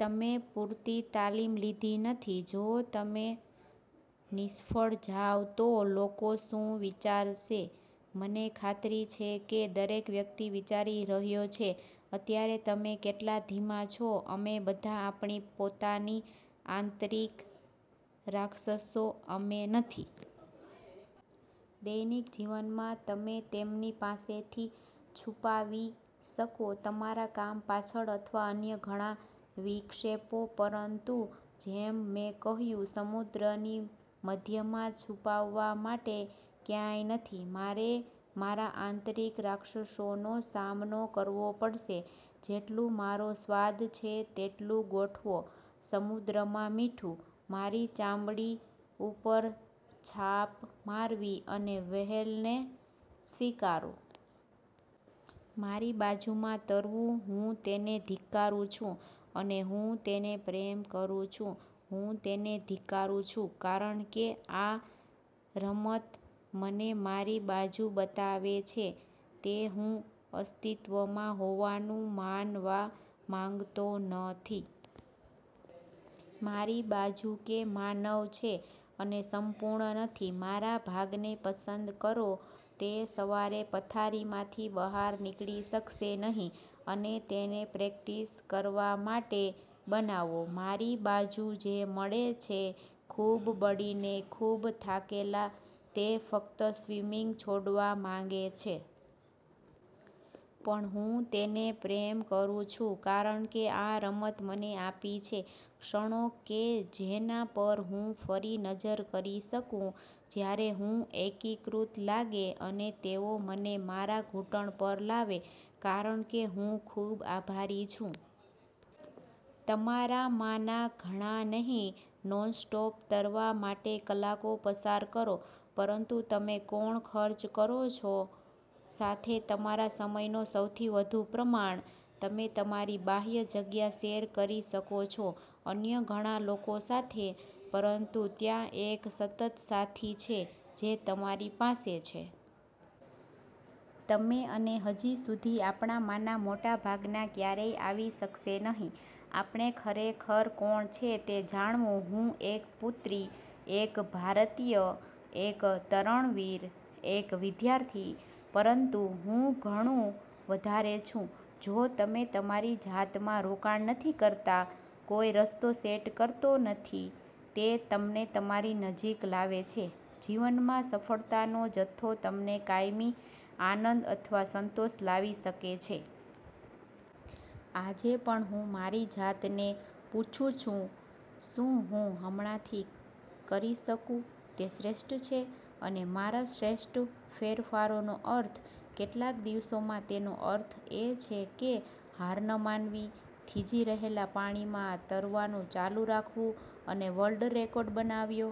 તમે પૂરતી તાલીમ લીધી નથી. જો તમે નિષ્ફળ જાવ તો? લોકો શું વિચારશે? મને ખાતરી છે કે દરેક વ્યક્તિ વિચારી રહ્યો છે અત્યારે તમે કેટલા ધીમા છો. " અમે બધા આપણી પોતાની આંતરિક રાક્ષસો, અમે નથી? દૈનિક જીવનમાં, તમે તેમની પાસેથી છુપાવી શકો, તમારા કામ પાછળ અથવા અન્ય ઘણા વિક્ષેપો. પરંતુ જેમ મેં કહ્યું, સમુદ્રની મધ્યમાં, છુપાવવા માટે ક્યાંય નથી. મારે મારા આંતરિક રાક્ષસોનો સામનો કરવો પડશે, જેટલું મારો સ્વાદ છે તેટલું ગોઠવો સમુદ્રમાં મીઠું, મારી ચામડી ઉપર છાપ મારવી, અને વ્હેલને સ્વીકારો. મારી બાજુમાં તરવું. હું તેને ધિક્કારું છું, અને હું તેને પ્રેમ કરું છું. હું તેને ધિક્કારું છું કારણ કે આ રમત મને મારી બાજુ બતાવે છે, તે હું અસ્તિત્વમાં હોવાનું માનવા માંગતો નથી. મારી બાજુ કે માનવ છે અને સંપૂર્ણ નથી. મારા ભાગને પસંદ કરો તે સવારે પથારીમાંથી બહાર નીકળી શકશે નહીં અને તેને પ્રેક્ટિસ કરવા માટે બનાવો. મારી બાજુ જે મળે છે ખૂબ બળીને, ખૂબ થાકેલા, તે ફક્ત સ્વિમિંગ છોડવા માંગે છે. પણ હું તેને પ્રેમ કરું છું, કારણ કે આ રમત મને આપી છે ક્ષણો કે જેના પર હું ફરી નજર કરી શકું જ્યારે હું એકીકૃત લાગે અને તેઓ મને મારા ઘૂંટણ પર લાવે, કારણ કે હું ખૂબ આભારી છું. તમારામાંના ઘણા નહીં નોન સ્ટોપ તરવા માટે કલાકો પસાર કરો. પરંતુ તમે કોણ ખર્ચ કરો છો સાથે તમારા સમયનો સૌથી વધુ પ્રમાણ? તમે તમારી બાહ્ય જગ્યા શેર કરી શકો છો અન્ય ઘણા લોકો સાથે, પરંતુ ત્યાં એક સતત સાથી છે જે તમારી પાસે છે. તમે અને હજી સુધી, આપણામાંના મોટા ભાગના ક્યારેય આવી શકશે નહીં. આપણે ખરેખર કોણ છે તે જાણવું. હું એક પુત્રી, એક ભારતીય, એક તરણવીર, એક વિદ્યાર્થી. પરંતુ હું ઘણું વધારે છું. જો તમે તમારી જાતમાં રોકાણ નથી કરતા, કોઈ રસ્તો સેટ કરતો નથી તે તમને તમારી નજીક લાવે છે, જીવનમાં સફળતા નો જથ્થો તમને કાયમી આનંદ અથવા સંતોષ લાવી શકે છે. આજે પણ, હું મારી જાતને પૂછું છું, "શું હું હમણાંથી કરી શકું તે શ્રેષ્ઠ છે? " અને મારા "શ્રેષ્ઠ" ફેરફારોનો અર્થ. કેટલાક દિવસોમાં, તેનો અર્થ એ છે કે હાર ન માનવી, થીજી રહેલા પાણીમાં તરવાનું ચાલુ રાખવું અને વર્લ્ડ રેકોર્ડ બનાવ્યો.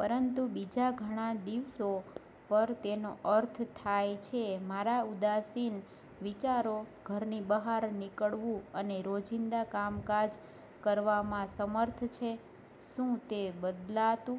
પરંતુ બીજા ઘણા દિવસો પર, તેનો અર્થ થાય છે મારા ઉદાસીન વિચારો, ઘરની બહાર નીકળવું અને રોજિંદા કામકાજ કરવામાં સમર્થ છે. શું તે બદલાતું